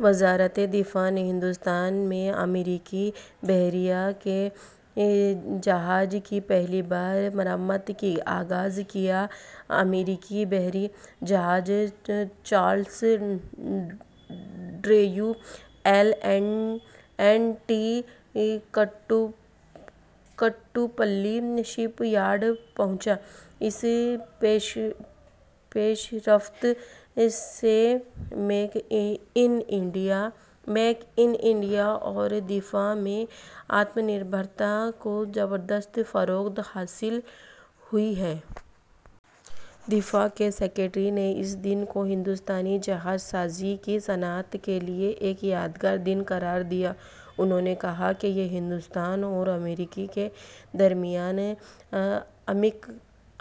وزارت دفاع نے ہندوستان میں امریکی بحریہ کے جہاز کی پہلی بار مرمت کا آغاز کیا۔ امریکی بحری جہاز Charles Drew L and T Kattupalli shipyard پہنچا۔ اس پیشرفت سے میک ان انڈیا اور دفاع میں آتم نربھرتا کو زبردست فروغ حاصل ہوا ہے۔ دفاع کے سکریٹری نے اس دن کو ہندوستانی جہاز سازی کی صنعت کے لیے ایک یادگار دن قرار دیا۔ انہوں نے کہا کہ یہ ہندوستان اور امریکہ کے درمیان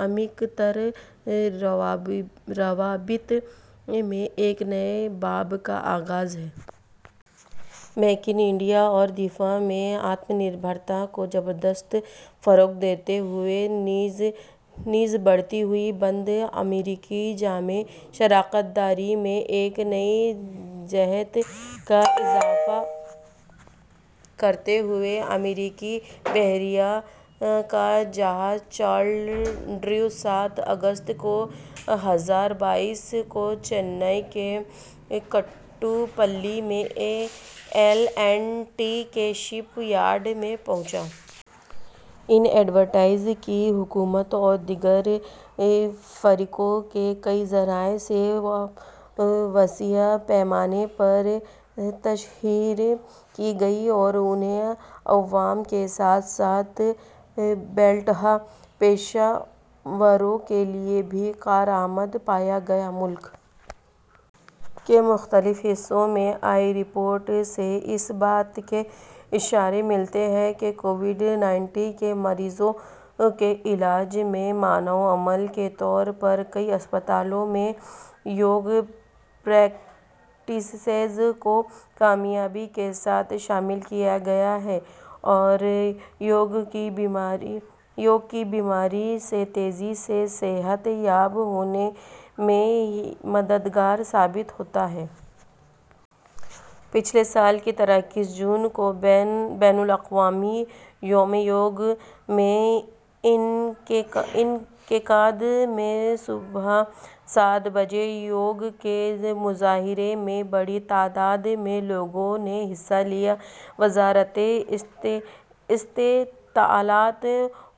عمیق تر روابط میں ایک نئے باب کا آغاز ہے۔ میک ان انڈیا اور دفاع میں آتم نربھرتا کو زبردست فروغ دیتے ہوئے نیز بڑھتی ہوئی ہند امریکہ جامع شراکت داری میں ایک نئی جہت کا اضافہ کرتے ہوئے امریکی بحریہ کا جہاز چارلس ڈریو سات اگست دو ہزار بائیس کو چنئی کے کٹوپلی میں ایل اینڈ ٹی کے شپ یارڈ میں پہنچا۔ ان ایڈوائزریز کی حکومت اور دیگر فریقوں کے کئی ذرائع سے وسیع پیمانے پر تشہیر کی گئی اور انہیں عوام کے ساتھ ساتھ ہیلتھ پیشہ وروں کے لیے بھی کارآمد پایا گیا۔ ملک کے مختلف حصوں سے آئی رپورٹوں سے اس بات کے اشارے ملتے ہیں کہ کووڈ انیس کے مریضوں کے علاج میں معاون عمل کے طور پر کئی اسپتالوں میں یوگ پریکٹسز کو کامیابی کے ساتھ شامل کیا گیا ہے اور یوگ اس بیماری سے تیزی سے صحت یاب ہونے میں مددگار ثابت ہوتا ہے۔ پچھلے سال کی طرح اکیس جون کو بین الاقوامی یوم یوگ کے انعقاد میں صبح سات بجے یوگ کے مظاہرے میں بڑی تعداد میں لوگوں نے حصہ لیا۔ وزارت اطلاعات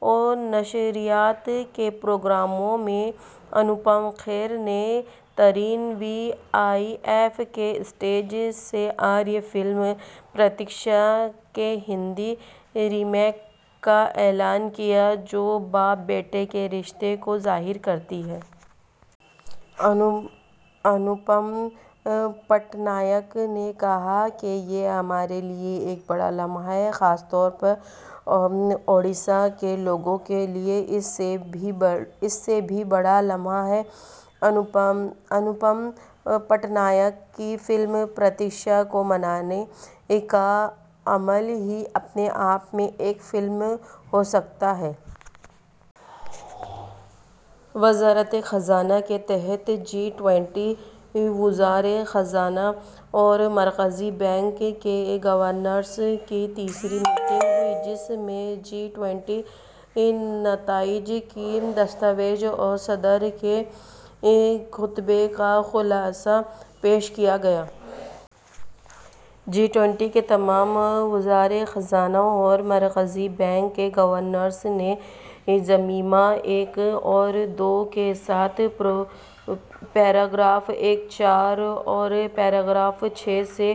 و نشریات کے پروگرام میں انوپم کھیر نے ترپن ویں افی کے اسٹیج سے اڑیہ فلم پرتیکشا کے ہندی ریمیک کا اعلان کیا جو باپ بیٹے کے رشتے کو ظاہر کرتی ہے۔ انوپم پٹنائک نے کہا کہ یہ ہمارے لیے ایک بڑا لمحہ ہے، خاص طور پر اوڈیشہ کے لوگوں کے لیے اس سے بھی بڑا لمحہ ہے۔ انوپم پٹنائک کی فلم پرتیکشا کو بنانے کا عمل ہی اپنے آپ میں ایک فلم ہو سکتا ہے۔ وزارت خزانہ کے تحت جی ٹوئنٹی وزرائے خزانہ اور مرکزی بینک کے گورنرز کی تیسری میٹنگ ہوئی جس میں جی ٹوئنٹی نتائج کی دستاویز اور صدر کے خطبے کا خلاصہ پیش کیا گیا۔ جی ٹوئنٹی کے تمام وزرائے خزانہ اور مرکزی بینک کے گورنرز نے ضمیمہ ایک اور دو کے ساتھ پیراگراف ایک، چار اور پیراگراف چھ سے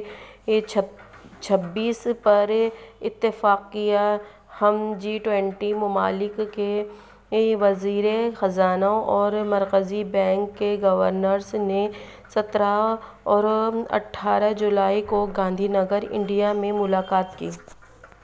چھبیس پر اتفاق کیا۔ ہم جی ٹوئنٹی ممالک کے وزرائے خزانہ اور مرکزی بینک کے گورنرز نے سترہ اور اٹھارہ جولائی کو گاندھی نگر، انڈیا میں ملاقات کی۔